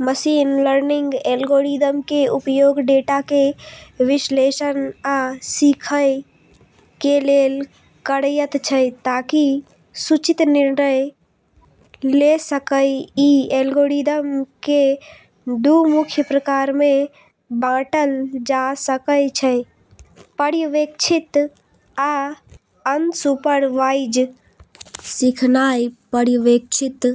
Machine learning algorithm कें उपयोग data कें विश्लेषण आ सीखय कें लेल करयत छै ताकि सूचित निर्णय ले सकय, इ एल्गोरिदम कें दू मुख्य प्रकार मे बांटल जा सकय छै पर्यवेक्षित आ अनसुपरवाइज सीखनाय पर्यवेक्षित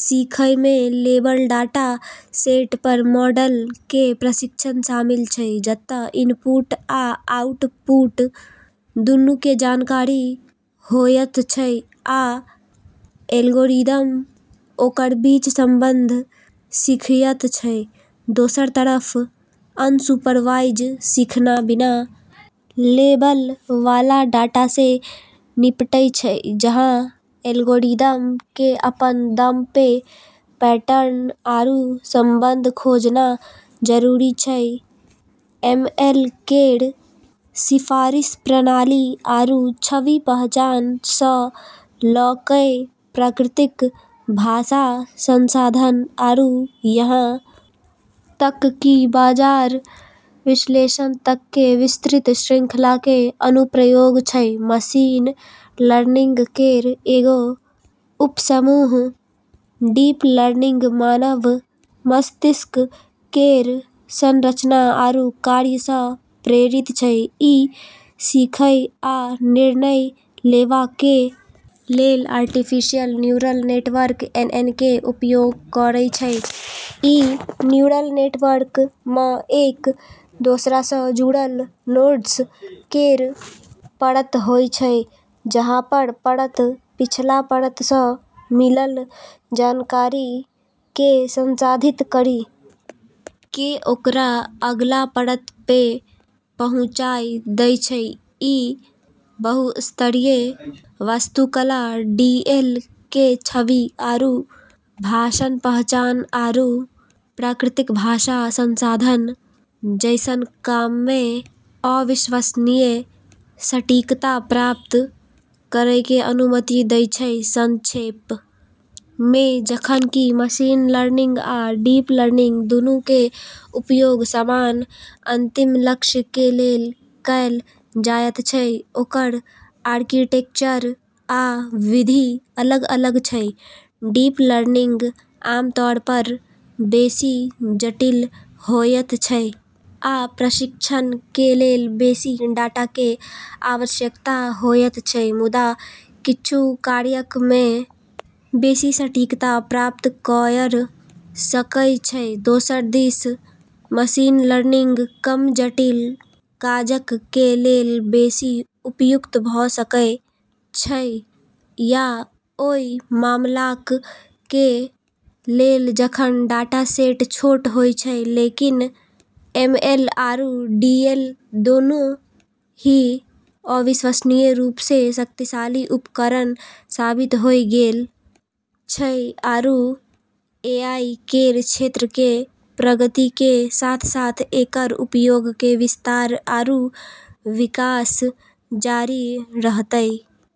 सीखय मे लेबल डाटा-सेट पर मॉडल कें प्रशिक्षण शामिल छै जत इनपुट आ आउटपुट दूनू कें जानकारी होयत छै आ एल्गोरिदम ओकर बीच संबंध सीखयत छै, दोसरऽ तरफ अनसुपरवाइज सीखना बिना लेबल वाला डाटा से निपटै छै, जहाँ एल्गोरिदम के अपनऽ दम पे पैटर्न आरू संबंध खोजना जरूरी छै, एमएल केरऽ सिफारिश प्रणाली आरू छवि पहचान स ल कै प्राकृतिक भाषा संसाधन आरू यहां तक कि बाजार विश्लेषण तक के विस्तृत श्रृंखला के अनुप्रयोग छै, मशीन लर्निंग केरऽ एगो उपसमूह डीप लर्निंग मानव मस्तिष्क केरऽ संरचना आरू कार्य स॑ प्रेरित छै, इ सीखय आ निर्णय लेवा कें लेल आर्टिफिशियल न्यूरल नेटवर्क (एनएन) कें उपयोग करय छै, ई न्यूरल नेटवर्क म॑ एक दोसरा स॑ जुड़लऽ नोड्स केरऽ परत होय छै, जहां हर परत पिछला परत स॑ मिललऽ जानकारी के संसाधित करी के ओकरा अगला परत पे पहुँचाय दै छै, ई बहुस्तरीय वास्तुकला डीएल के छवि आरू भाषण पहचान आरू प्राकृतिक भाषा संसाधन जैसनऽ काम मे अविश्वसनीय सटीकता प्राप्त करै के अनुमति दै छै, संक्षेप मे जखन कि मशीन लर्निंग आ डीप लर्निंग दूनू कें उपयोग समान अंतिम लक्ष्य कें लेल कैल जायत छै ओकर आर्किटेक्चर आ विधि अलग-अलग छै, डीप लर्निंग आमतौर पर बेसि जटिल होयत छै आ प्रशिक्षण कें लेल बेसि डाटा कें आवश्यकता होयत छै मुदा किच्छू कार्यक मे बेसि सटीकता प्राप्त कयर सकय छै दोसर दिस मशीन लर्निंग कम जटिल काजक कें लेल बेसि उपयुक्त भ सकय छै, या ओय मामलाक कें लेल जखन डाटा-सेट छोट होय छै लेकिन एमएल आरू डीएल दोनों ही अविश्वसनीय रूप से शक्तिशाली उपकरण साबित होय गेलऽ छै आरू एआई केरऽ क्षेत्र के प्रगति के साथ-साथ एकरऽ उपयोग के विस्तार आरू विकास जारी रहतै।